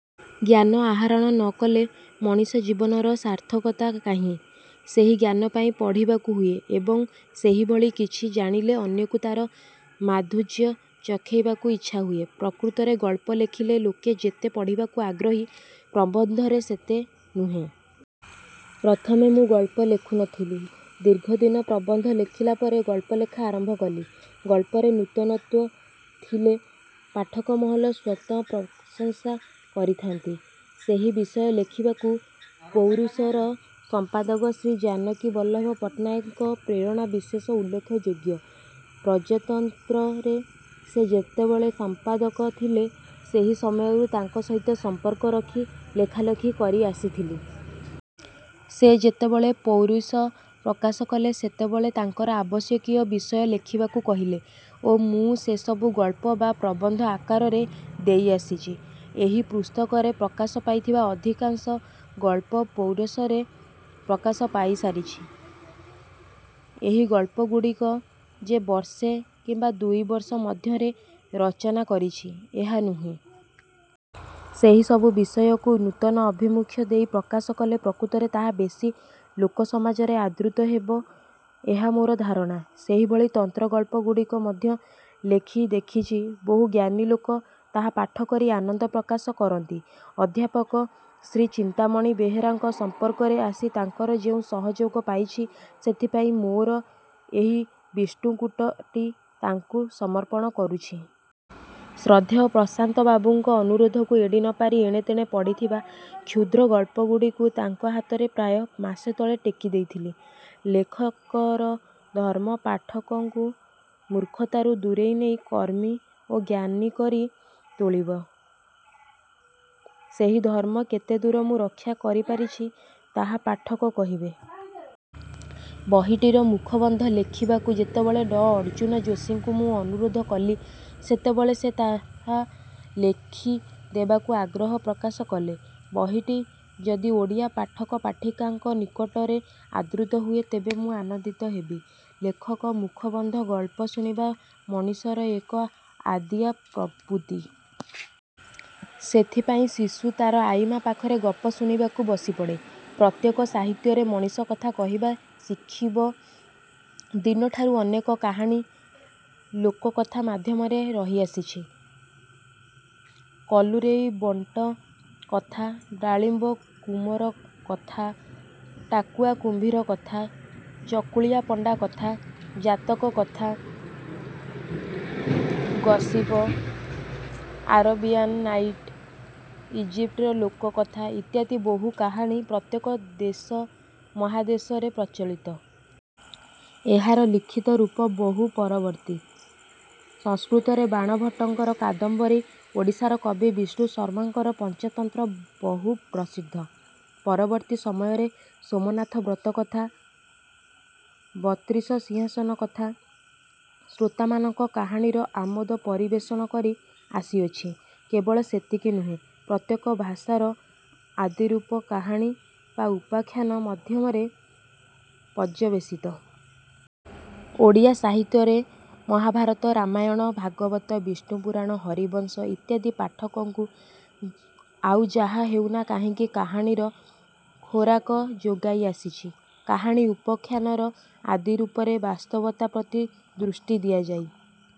ଜ୍ଞାନ ଆହାରଣ ନ କଲେ ମଣିଷ ଜୀବନର ସାର୍ଥକତା କାହିଁ? ସେହି ଜ୍ଞାନ ପାଇଁ ପଢ଼ିବାକୁ ହୁଏ ଏବଂ ସେହିଭଳି କିଛି ଜାଣିଲେ ଅନ୍ୟଙ୍କୁ ତାର ମାଧୁର୍ଯ୍ୟ ଚଖେଇବାକୁ ଇଚ୍ଛା ହୁଏ। ପ୍ରକୃତରେ ଗଳ୍ପ ଲେଖିଲେ ଲୋକେ ଯେତେ ପଢ଼ିବାକୁ ଆଗ୍ରହୀ ପ୍ରବନ୍ଧରେ ସେତେ ନୁହେଁ। ପ୍ରଥମେ ମୁଁ ଗଳ୍ପ ଲେଖୁ ନଥିଲି। ଦୀର୍ଘଦିନ ପ୍ରବନ୍ଧ ଲେଖିଲା ପରେ ଗଳ୍ପଲେଖା ଆରମ୍ଭ କଲି। ଗଳ୍ପରେ ନୂତନତ୍ୱ ଥିଲେ ପାଠକମହଲ ସ୍ୱତଃ ପ୍ରଶଂସା କରିଥାନ୍ତି। ଏହି ବିଷୟ ଲେଖିବାକୁ ପୌରୁଷର ସମ୍ପାଦକ ଶ୍ରୀ ଜାନକୀ ବଲ୍ଲଭ ପଟ୍ଟନାୟକଙ୍କ ପ୍ରେରଣା ବିଶେଷ ଉଲ୍ଲେଖଯୋଗ୍ୟ। ପ୍ରଜାତନ୍ତ୍ରରେ ସେ ଯେତେବେଳେ ସମ୍ପାଦକ ଥିଲେ ସେହି ସମୟରୁ ତାଙ୍କ ସହିତ ସମ୍ପର୍କ ରଖି ଲେଖାଲେଖି କରି ଆସିଥିଲି। ସେ ଯେତେବେଳେ 'ପୌରୁଷ' ପ୍ରକାଶ କଲେ ସେତେବେଳେ ତାଙ୍କର ଆବଶ୍ୟକୀୟ ବିଷୟ ଲେଖିବାକୁ କହିଲେ ଓ ମୁଁ ସେସବୁ ଗଳ୍ପ ବା ପ୍ରବନ୍ଧ ଆକାରରେ ଦେଇ ଆସିଛି। ଏହି ପୁସ୍ତକରେ ପ୍ରକାଶ ପାଇଥିବା ଅଧିକାଂଶ ଗଳ୍ପ ପୌରୁଷରେ ପ୍ରକାଶ ପାଇସାରିଛି। ଏହି ଗଳ୍ପଗୁଡ଼ିକ ଯେ ବର୍ଷେ କିମ୍ୱା ଦୁଇବର୍ଷ ମଧ୍ୟରେ ରଚନା କରିଛି ଏହା ନୁହେଁ। ସେହି ସବୁ ବିଷୟକୁ ନୂତନ ଆଭିମୁଖ୍ୟ ଦେଇ ପ୍ରକାଶ କଲେ ପ୍ରକୃତରେ ତାହା ବେଶୀ ଲୋକସମାଜରେ ଆଦୃତ ହେବ ଏହା ମୋର ଧାରଣା। ସେହିଭଳି ତନ୍ତ୍ରଗଳ୍ପଗୁଡ଼ିକ ମଧ୍ୟ ଲେଖି ଦେଖିଛି ବହୁ ଜ୍ଞାନୀଲୋକ ତାହା ପାଠ କରି ଆନନ୍ଦ ପ୍ରକାଶ କରନ୍ତି। ଅଧ୍ୟାପକ ଶ୍ରୀ ଚିନ୍ତାମଣି ବେହେରାଙ୍କ ସମ୍ପର୍କରେ ଆସି ତାଙ୍କର ଯେଉଁ ସହଯୋଗ ପାଇଛି ସେଥିପାଇଁ ମୋର ଏହି 'ବିଷ୍ଣୁକୂଟ'ଟି ତାଙ୍କୁ ସମର୍ପଣ କରୁଛି। ଶ୍ରଦ୍ଧେୟ ପ୍ରଶାନ୍ତ ବାବୁଙ୍କ ଅନୁରୋଧକୁ ଏଡ଼ି ନପାରି ଏଣେତେଣେ ପଢ଼ିଥିବା କ୍ଷୁଦ୍ର ଗଳ୍ପଗୁଡ଼ିକୁ ତାଙ୍କ ହାତରେ ପ୍ରାୟ। ମାସ ତଳେ ଟେକି ଦେଇଥିଲି। ଲେଖକର ଧର୍ମ ପାଠକଙ୍କୁ ମୂର୍ଖତାରୁ ଦୂରେଇନେଇ କର୍ମୀ ଓ ଜ୍ଞାନୀକରି ତୋଳିବ। ସେହି ଧର୍ମ କେତେଦୂର ମୁଁ ରକ୍ଷା କରିପାରିଛି ତାହା ପାଠକ କହିବେ। ବହିଟିର ମୁଖବନ୍ଧ ଲେଖିବାକୁ ଯେତେବେଳେ ଡଃ ଅର୍ଜ୍ଜୁନ ଯୋଷୀଙ୍କୁ ମୁଁ ଅନୁରୋଧ କଲି ସେତେବେଳେ ସେ ତାହା ଲେଖି ଦେବାକୁ ଆଗ୍ରହ ପ୍ରକାଶ କଲେ। ବହିଟି ଯଦି ଓଡ଼ିଆ ପାଠକ ପାଠିକାଙ୍କ ନିକଟରେ ଆଦୃତ ହୁଏ ତେବେ ମୁଁ ଆନନ୍ଦିତ ହେବି। ଲେଖକ ମୁଖବନ୍ଧ ଗଳ୍ପ ଶୁଣିବା ମଣିଷର ଏକ ଆଦିଆ ପ୍ରବୃତ୍ତି। ସେଥିପାଇଁ ଶିଶୁ ତାର 'ଆଈମା' ପାଖରେ ଗପ ଶୁଣିବାକୁ ବସିପଡ଼େ। ପ୍ରତ୍ୟେକ ସାହିତ୍ୟରେ ମଣିଷ କଥା କହିବା ଶିଖିବ ଦିନଠାରୁ ଅନେକ କାହାଣୀ ଲୋକକଥା ମାଧ୍ୟମରେ ରହିଆସିଛି। କଲୁରେଇ ବେଣ୍ଟ କଥା, ଡାଳିମ୍ୱକୁମର କଥା, ଟାକୁଆ କୁମ୍ଭୀର କଥା, ଚକୁଳିଆ ପଣ୍ଡା କଥା, ଜାତକ କଥା, ଗସିପ, ଆରବୀୟାନ ନାଇଟ୍, ଇଜିପ୍ଟର ଲୋକ କଥା ଇତ୍ୟାଦି ବହୁ କାହାଣୀ ପ୍ରତ୍ୟେକ ଦେଶ ମହାଦେଶରେ ପ୍ରଚଳିତ। ଏହାର ଲିଖିତ ରୂପ ବହୁ ପରବର୍ତ୍ତୀ। ସଂସ୍କୃତରେ ବାଣଭଟ୍ଟଙ୍କର 'କାଦମ୍ୱରୀ', ଓଡ଼ିଶାର କବି ବିଷ୍ଣୁ ଶର୍ମାଙ୍କର 'ପଞ୍ଚତନ୍ତ୍ର' ବହୁ ପ୍ରସିଦ୍ଧ। ପରବର୍ତ୍ତୀ ସମୟରେ 'ସୋମନାଥ ବ୍ରତ କଥା', 'ବତ୍ରିଶ ସିଂହାସନ କଥା' ଶ୍ରୋତାମାନଙ୍କ କାହାଣୀର ଆମୋଦ ପରିବେଷଣ କରି ଆସିଅଛି। କେବଳ ସେତିକି ନୁହେଁ ପ୍ରତ୍ୟେକ ଭାଷାର ଆଦିରୂପ କାହାଣୀ ବା ଉପାଖ୍ୟାନ ମାଧ୍ୟମରେ ପର୍ଯ୍ୟବେଶିତ। ଓଡ଼ିଆ ସାହିତ୍ୟରେ ମହାଭାରତ, ରାମାୟଣ, ଭାଗବତ, ବିଷ୍ଣୁ ପୁରାଣ, ହରିବଂଶ ଇତ୍ୟାଦି ପାଠକଙ୍କୁ ଆଉ ଯାହା ହେଉନା କାହିଁକି କାହାଣୀର ଖୋରାକ ଯୋଗାଇ ଆସିଛି। କାହାଣୀ ଉପାଖ୍ୟାନର ଆଦି ରୂପରେ ବାସ୍ତବତା ପ୍ରତି ଦୃଷ୍ଟି ଦିଆଯାଇ